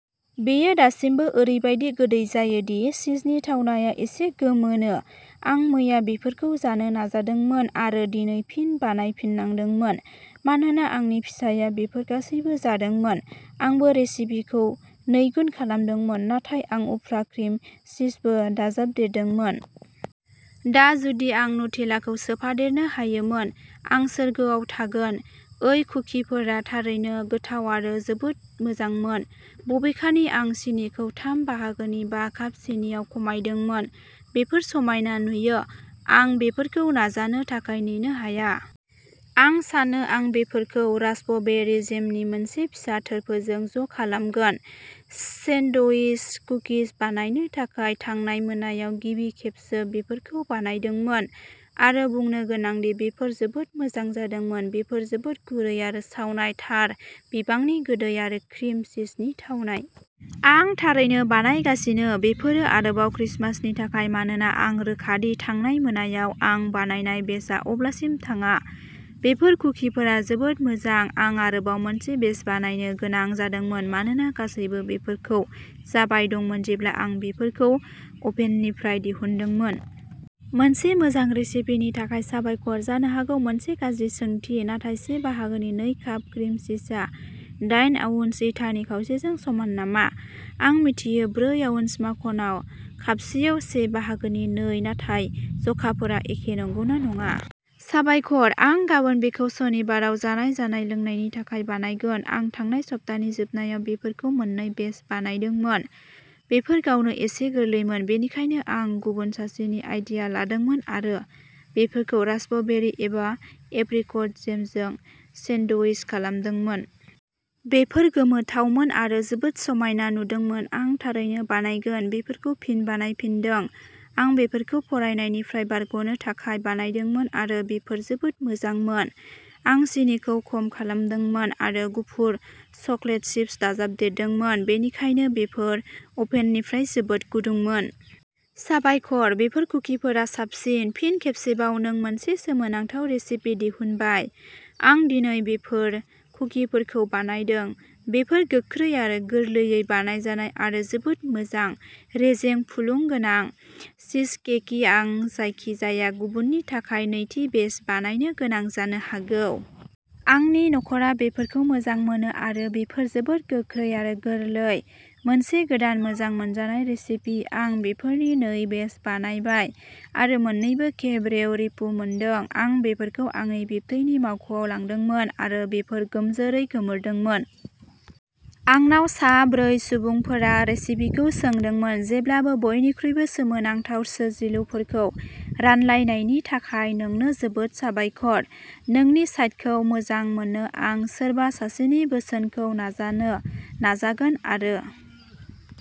बेयो दासिमबो ओरैबादि गोदै जायो दि चीजनि थावनाया एसे गोमोनो। आं मैया बेफोरखौ जानो नाजादोंमोन आरो दिनै फिन बानायफिननांदोंमोन। मानोना आंनि फिसाया बेफोर गासैबो जादोंमोन! आंबो रेसिपिखौ नैगुन खालामदोंमोन, नाथाय आं उफ्रा क्रिम चीजबो दाजाबदेरदोंमोन। दा जुदि आं नुटेलाखौ सोफादेरनो हायोमोन। आं सोरगोआव थागोन। ओइ कुकिफोरा थारैनो गोथाव आरो जोबोद मोजांमोन। बबेखानि आं सिनिखौ थाम बाहागोनि बा काप सिनिआव खमायदोंमोन। बेफोर समायना नुयो। आं बेफोरखौ नाजानो थाखाय नेनो हाया। आं सानो आं बेफोरखौ रास्पबेरी जेमनि मोनसे फिसा थोरफोजों ज'खालामगोन सेनड'विच कुकिज बानायनो थाखाय। थांनाय मोनायाव गिबि खेबसो बेफोरखौ बानायदोंमोन आरो बुंनो गोनां दि बेफोर जोबोद मोजां जादोंमोन। बेफोर जोबोद गुरै आरो सावनाय थार बिबांनि गोदै आरो क्रिम चीजनि थावनाय। आं थारैनो बानायगासिनो। बेफोरो आरोबाव क्रिसमासनि थाखाय मानोना आं रोखा दि थांनाय मोनायाव आं बानायनाय बेचआ अब्लासिम थाङा। बेफोर कुकिफोरा जोबोद मोजां। आं आरोबाव मोनसे बेच बानायनो गोनां जादोंमोन मानोना गासैबो बेफोरखौ जाबाय दंमोन जेब्ला आं बेफोरखौ अभेननिफ्राय दिहुनदोंमोन। मोनसे मोजां रेसिपिनि थाखाय साबायखर! जानो हागौ मोनसे गाज्रि सोंथि-नाथाय से बाहागोनि नै काप क्रिम चीजआ दाइन आउन्स इटानि खावसेजों समान नामा? आं मिथियो ब्रै आउन्स माखनआ कापसेआव से बाहागोनि नै नाथाय जखाफोरा एखे नंगौना नङा। साबायखर आं गाबोन बेखौ सनिबाराव जानाय जानाय-लोंनायनि थाखाय बानायगोन। आं थांनाय सप्तानि जोबनायाव बेफोरखौ मोननै बेच बानायदोंमोन। बेफोर गावनो एसे गोरलैमोन। बेनिखायनो आं गुबुन सासेनि आइडिया लादोंमोन आरो बेफोरखौ रास्पबेरी एबा एप्रिकट जेमजों सेन ड' विच खालामदोंमोन। बेफोर गोमोथावमोन आरो जोबोद समायना नुदोंमोन। आं थारैनो बानायगोन। बेफोरखौ फिन बानायफिनदों। आं बेफोरखौ फरायनायनिफ्राय बारग'नो थाखाय बानायदोंमोन आरो बेफोर जोबोद मोजांमोन। आं सिनिखौ खम खालामदोंमोन आरो गुफुर चकलेट चिप्स दाजाबदेरदोंमोन। बेनिखायनो बेफोर अभेननिफ्राय जोबोद गुदुंमोन। साबायखर! बेफोर कुकिफोरा साबसिन। फिन खेबसेबाव नों मोनसे सोमोनांथाव रेसिपि दिहुनबाय। आं दिनै बेफोर कुकिफोरखौ बानायदों। बेफोर गोख्रै आरो गोरलैयै बानायजानाय आरो जोबोद मोजां। रेजें, फुलुं गोनां, चीजकेकि। आं जायखिजाया गुबुननि थाखाय नैथि बेच बानायनो गोनां जानो हागौ। आंनि नखरा बेफोरखौ मोजां मोनो आरो बेफोर जोबोद गोख्रै आरो गोरलै-मोनसे गोदान मोजां मोनजानाय रेसिपि आं बेफोरनि नै बेच बानायबाय आरो मोननैबो खेब रेव रिभ्यु मोनदों। आं बेफोरखौ आंनि बिबथैनि मावख'आव लांदोंमोन आरो बेफोर गोमजोरै गोमोरदोंमोन। आंनाव सा ब्रै सुबुंफोरा रेसिपिखौ सोंदोंमोन। जेब्लाबो बयनिख्रुइबो सोमोनांथाव सोरजिलुफोरखौ रानलायनायनि थाखाय नोंनो जोबोद साबायखर। नोंनि साइटखौ मोजां मोनो। आं सोरबा सासेनि बोसोनखौ नाजानो नाजागोन आरो